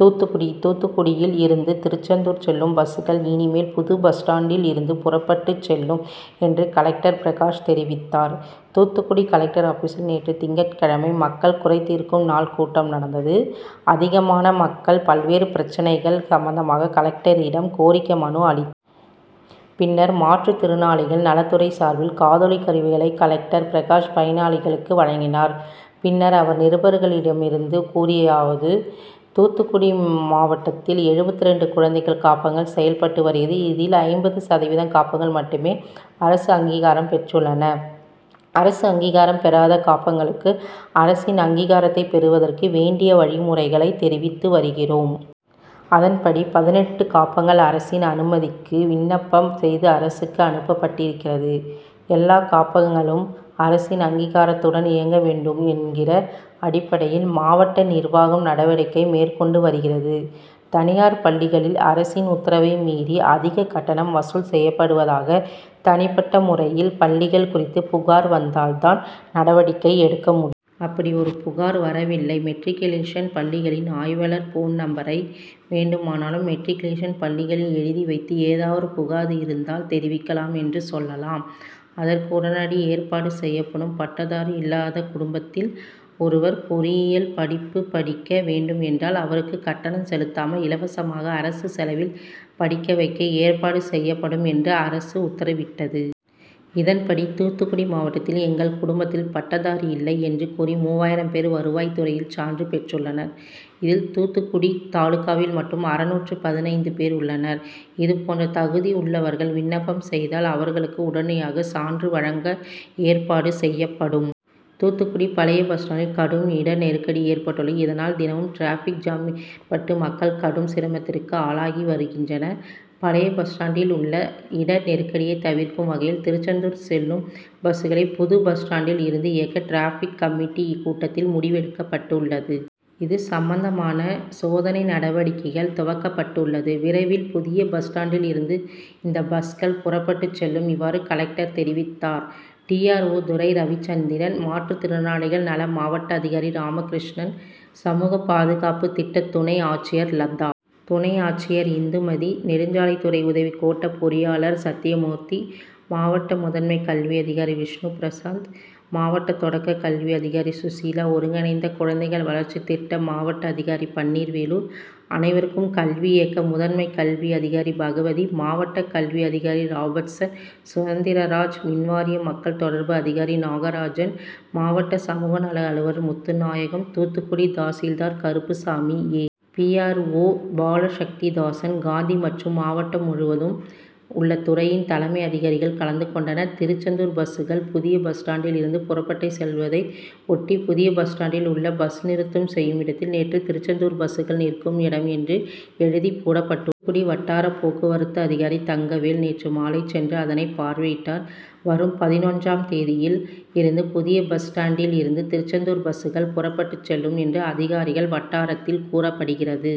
தூத்துக்குடி: தூத்துக்குடியில் இருந்து திருச்செந்தூர் செல்லும் பஸ்கள் இனிமேல் புதிய பஸ் ஸ்டாண்டில் இருந்து புறப்பட்டு செல்லும் என்று கலெக்டர் பிரகாஷ் தெரிவித்தார். தூத்துக்குடி கலெக்டர் ஆபிசில் நேற்று திங்கட்கிழமை மக்கள் குறைதீர்க்கும் நாள் கூட்டம் நடந்தது. அதிகமான மக்கள் பல்வேறு பிரச்னைகள் சம்பந்தமாக கலெக்டரிடம் கோரிக்கை மனு அளித்தனர். பின்னர் மாற்றுதிறனாளிகள் நலத்துறை சார்பில் காதொலி கருவிகளை கலெக்டர் பிரகாஷ் பயனாளிகளுக்கு வழங்கினார். பின்னர் அவர் நிருபர்களிடம் கூறியதாவது தூத்துக்குடி மாவட்டத்தில் எழுபத்திரண்டு குழந்தைகள் காப்பகங்கள் செயல்பட்டு வருகிறது. இதில் ஐம்பது சதவீதம் காப்பகங்கள் மட்டுமே அரசு அங்கீகாரம் பெற்றுள்ளன. அரசு அங்கீகாரம் பெறாத காப்பகங்களுக்கு அரசின் அங்கீகாரத்தை பெறுவதற்கு வேண்டிய வழிமுறைகளை தெரிவித்து வருகிறோம். அதன்படி பதினெட்டு காப்பகங்கள் அரசின் அனுமதிக்கு விண்ணப்பம் செய்து அரசுக்கு அனுப்பப்பட்டிருக்கிறது. எல்லா காப்பகங்களும் அரசின் அங்கீகாரத்துடன் இயங்க வேண்டும் என்கிற அடிப்படையில் மாவட்ட நிர்வாகம் நடவடிக்கை மேற்கொண்டு வருகிறது. தனியார் பள்ளிகளில் அரசின் உத்தரவை மீறி அதிக கட்டணம் வசூல் செய்யப்படுவதாக தனிப்பட்ட முறையில் பள்ளிகள் குறித்து புகார் வந்தால் தான் நடவடிக்கை எடுக்க முடியும். அப்படி ஒரு புகார் வரவில்லை. மெட்ரிக்குலேஷன் பள்ளிகளின் ஆய்வாளர் போன் நம்பரை வேண்டுமானாலும் மெட்ரிக்குலேஷன் பள்ளிகளில் எழுதி வைத்து, ஏதாவது புகார் இருந்தால் தெரிவிக்கலாம் என்று சொல்லலாம். அதற்கு உடனடி ஏற்பாடு செய்யப்படும். பட்டதாரி இல்லாத குடும்பத்தில் ஒருவர் பொறியியல் படிப்பு படிக்க வேண்டும் என்றால் அவருக்கு கட்டணம் செலுத்தாமல் இலவசமாக அரசு செலவில் படிக்க வைக்க ஏற்பாடு செய்யப்படும் என்று அரசு உத்தரவிட்டது. இதன்படி தூத்துக்குடி மாவட்டத்தில் எங்கள் குடும்பத்தில் பட்டதாரி இல்லை என்று கூறி மூவாயிரம் பேர் வருவாய்துறையில் சான்று பெற்றுள்ளனர். இதில் தூத்துக்குடி தாலுகாவில் மட்டும் அறுநூற்று பதினைந்து பேர் உள்ளனர். இதுபோன்ற தகுதி உள்ளவர்கள் விண்ணப்பம் செய்தால் அவர்களுக்கு உடனடியாக சான்று வழங்க ஏற்பாடு செய்யப்படும். தூத்துக்குடி பழைய பஸ் ஸ்டாண்டில் கடும் இட நெருக்கடி ஏற்பட்டுள்ளது. இதனால் தினமும் டிராபிக் ஜாம் ஏற்பட்டு மக்கள் கடும் சிரமத்திற்கு ஆளாகி வருகின்றனர். பழைய பஸ் ஸ்டாண்டில் உள்ள இட நெருக்கடியை தவிர்க்கும் வகையில் திருச்செந்தூர் செல்லும் பஸ்களை புதிய பஸ் ஸ்டாண்டில் இருந்து இயக்க டிராபிக் கமிட்டி கூட்டத்தில் முடிவெடுக்கப்பட்டுள்ளது. இது சம்பந்தமான சோதனை நடவடிக்கைகள் துவக்கப்பட்டுள்ளது. விரைவில் புதிய பஸ் ஸ்டாண்டில் இருந்து இந்த பஸ்கள் புறப்பட்டு செல்லும். இவ்வாறு கலெக்டர் தெரிவித்தார். D. R. O Durai. Ravichandran, மாற்றுதிறனாளிகள் நல மாவட்ட அதிகாரி ராமகிருஷ்ணன், சமூக பாதுகாப்பு திட்ட துணை ஆட்சியர் லதா, துணை ஆட்சியர் இந்துமதி, நெடுஞ்சாலைத்துறை உதவி கோட்ட பொறியாளர் சத்தியமூர்த்தி, மாவட்ட முதன்மை கல்வி அதிகாரி விஷ்ணுபிரசாத், மாவட்ட தொடக்க கல்வி அதிகாரி சுசீலா ஒருங்கிணைந்த குழந்தைகள் வளர்ச்சி திட்ட மாவட்ட அதிகாரி பன்னீர்வேலு, அனைவருக்கும் கல்வி இயக்க முதன்மை கல்வி அதிகாரி பகவதி, மாவட்ட கல்வி அதிகாரி ராபர்ட்சன் சுதந்திரராஜ், மின்வாரிய மக்கள் தொடர்பு அதிகாரி நாகராஜன், மாவட்ட சமூக நல அலுவலர் Muthunayagam, Thoothukudi tahsildar Karuppasamy, A. P. R. O Balasakthidasan, Gandhi மற்றும் மாவட்டம் முழுவதும் உள்ள துறையின் தலைமை அதிகாரிகள் கலந்து கொண்டனர். திருச்செந்தூர் பஸ்கள் புதிய பஸ் ஸ்டாண்டில் இருந்து புறப்பட்டு செல்வதை ஒட்டி புதிய பஸ் ஸ்டாண்டில் உள்ள பஸ் நிறுத்தம் செய்யும் இடத்தில் நேற்று திருச்செந்தூர் பஸ்கள் நிற்கும் இடம் என்று எழுதி போடப்பட்டுள்ளது. தூத்துக்குடி வட்டார போக்குவரத்து அதிகாரி தங்கவேல் நேற்று மாலை சென்று அதனை பார்வையிட்டார். வரும் பதினொன்றாம் தேதியில் இருந்து புதிய பஸ் ஸ்டாண்டில் இருந்து திருச்செந்தூர் பஸ்கள் புறப்பட்டு செல்லும் என்று அதிகாரிகள் வட்டாரத்தில் கூறப்படுகிறது.